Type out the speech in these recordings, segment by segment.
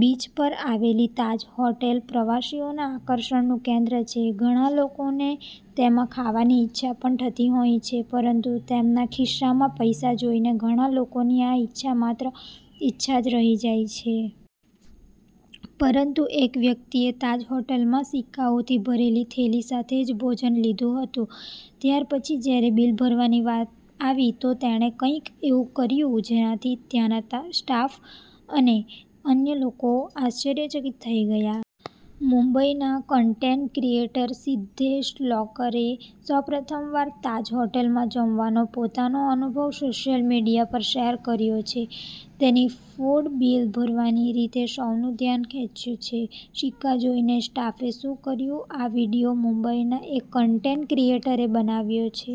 Beach પર આવેલી Taj hotel પ્રવાસીઓના આકર્ષણનું કેન્દ્ર છે. ઘણા લોકોને તેમાં ખાવાની ઈચ્છા પણ થતી હોય છે. પરંતુ તેમના ખિસ્સામાં પૈસા જોઈને ઘણા લોકોની આ ઈચ્છા માત્ર ઈચ્છા જ રહી જાય છે. પરંતુ એક વ્યક્તિએ તાજ હોટલમાં સિક્કાઓથી ભરેલી થેલી સાથે જ ભોજન લીધું હતું. ત્યારપછી જ્યારે બિલ ભરવાની વાત આવી તો તેણે કંઈક એવું કર્યું જેનાથી ત્યાંના સ્ટાફ અને અન્ય લોકો આશ્ચર્યચકિત થઈ ગયા. મુંબઈના કન્ટેન્ટ ક્રિએટર સિદ્ધેશ લોકરેએ સૌપ્રથમવાર તાજ હોટેલમાં જમવાનો પોતાનો અનુભવ સોશિયલ મીડિયા પર શેર કર્યો છે. તેની ફૂડ બિલ ભરવાની રીતે સૌનું ધ્યાન ખેંચ્યું છે. સિક્કા જોઈને સ્ટાફે શું કર્યું આ વીડિયો મુંબઈના એક કન્ટેન્ટ ક્રિએટરે બનાવ્યો છે.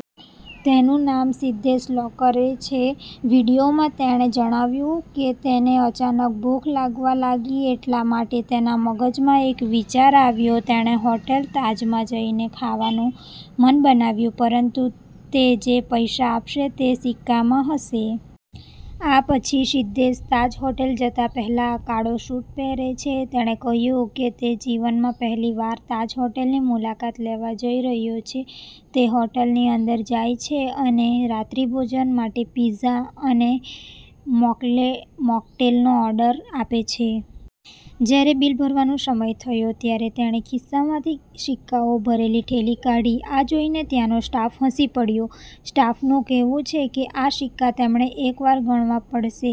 તેનું નામ સિદ્ધેશ લોકરે છે. વીડિયોમાં તેણે જણાવ્યું કે તેને અચાનક ભૂખ લાગવા લાગી, એટલા માટે તેના મગજમાં એક વિચાર આવ્યો. તેણે હોટેલ તાજમાં જઈને ખાવાનું મન બનાવ્યું. પરંતુ તે જે પૈસા આપશે તે સિક્કામાં હશે. આ પછી, સિદ્ધેશ તાજ હોટલ જતા પહેલા કાળો સૂટ પહેરે છે. તેણે કહ્યું કે તે જીવનમાં પહેલીવાર તાજ હોટલની મુલાકાત લેવા જઈ રહ્યો છે. તે હોટલની અંદર જાય છે અને રાત્રિભોજન માટે પિઝા અને મોકટેલનો ઓર્ડર આપે છે. જ્યારે બિલ ભરવાનો સમય થયો ત્યારે તેણે ખિસ્સામાંથી સિક્કાઓ ભરેલી થેલી કાઢી. આ જોઈને ત્યાંનો સ્ટાફ હસી પડ્યો. સ્ટાફનું કહેવું છે કે આ સિક્કા તેમણે એકવાર ગણવા પડશે.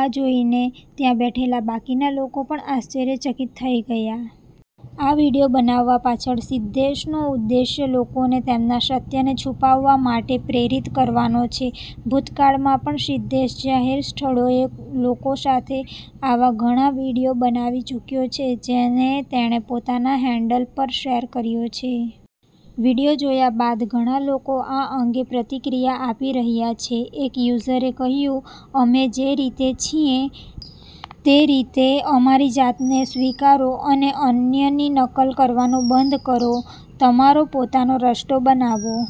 આ જોઈને ત્યાં બેઠેલા બાકીના લોકો પણ આશ્ચર્યચકિત થઈ ગયા. ️ આ વીડિયો બનાવવા પાછળ સિદ્ધેશનો ઉદ્દેશ્ય લોકોને તેમના સત્યને છુપાવવા માટે પ્રેરિત કરવાનો છે. ભૂતકાળમાં પણ સિદ્ધેશ જાહેર સ્થળોએ લોકો સાથે આવા ઘણા વીડિયો બનાવી ચૂક્યો છે, જેને તેણે પોતાના હેન્ડલ પર શેર કર્યો છે. વીડિયો જોયા બાદ ઘણા લોકો આ અંગે પ્રતિક્રિયા આપી રહ્યા છે. એક યુઝરે કહ્યું, 'અમે જે રીતે છીએ તે રીતે અમારી જાતને સ્વીકારો અને અન્યની નકલ કરવાનું બંધ કરો. તમારો પોતાનો રસ્તો બનાવો.'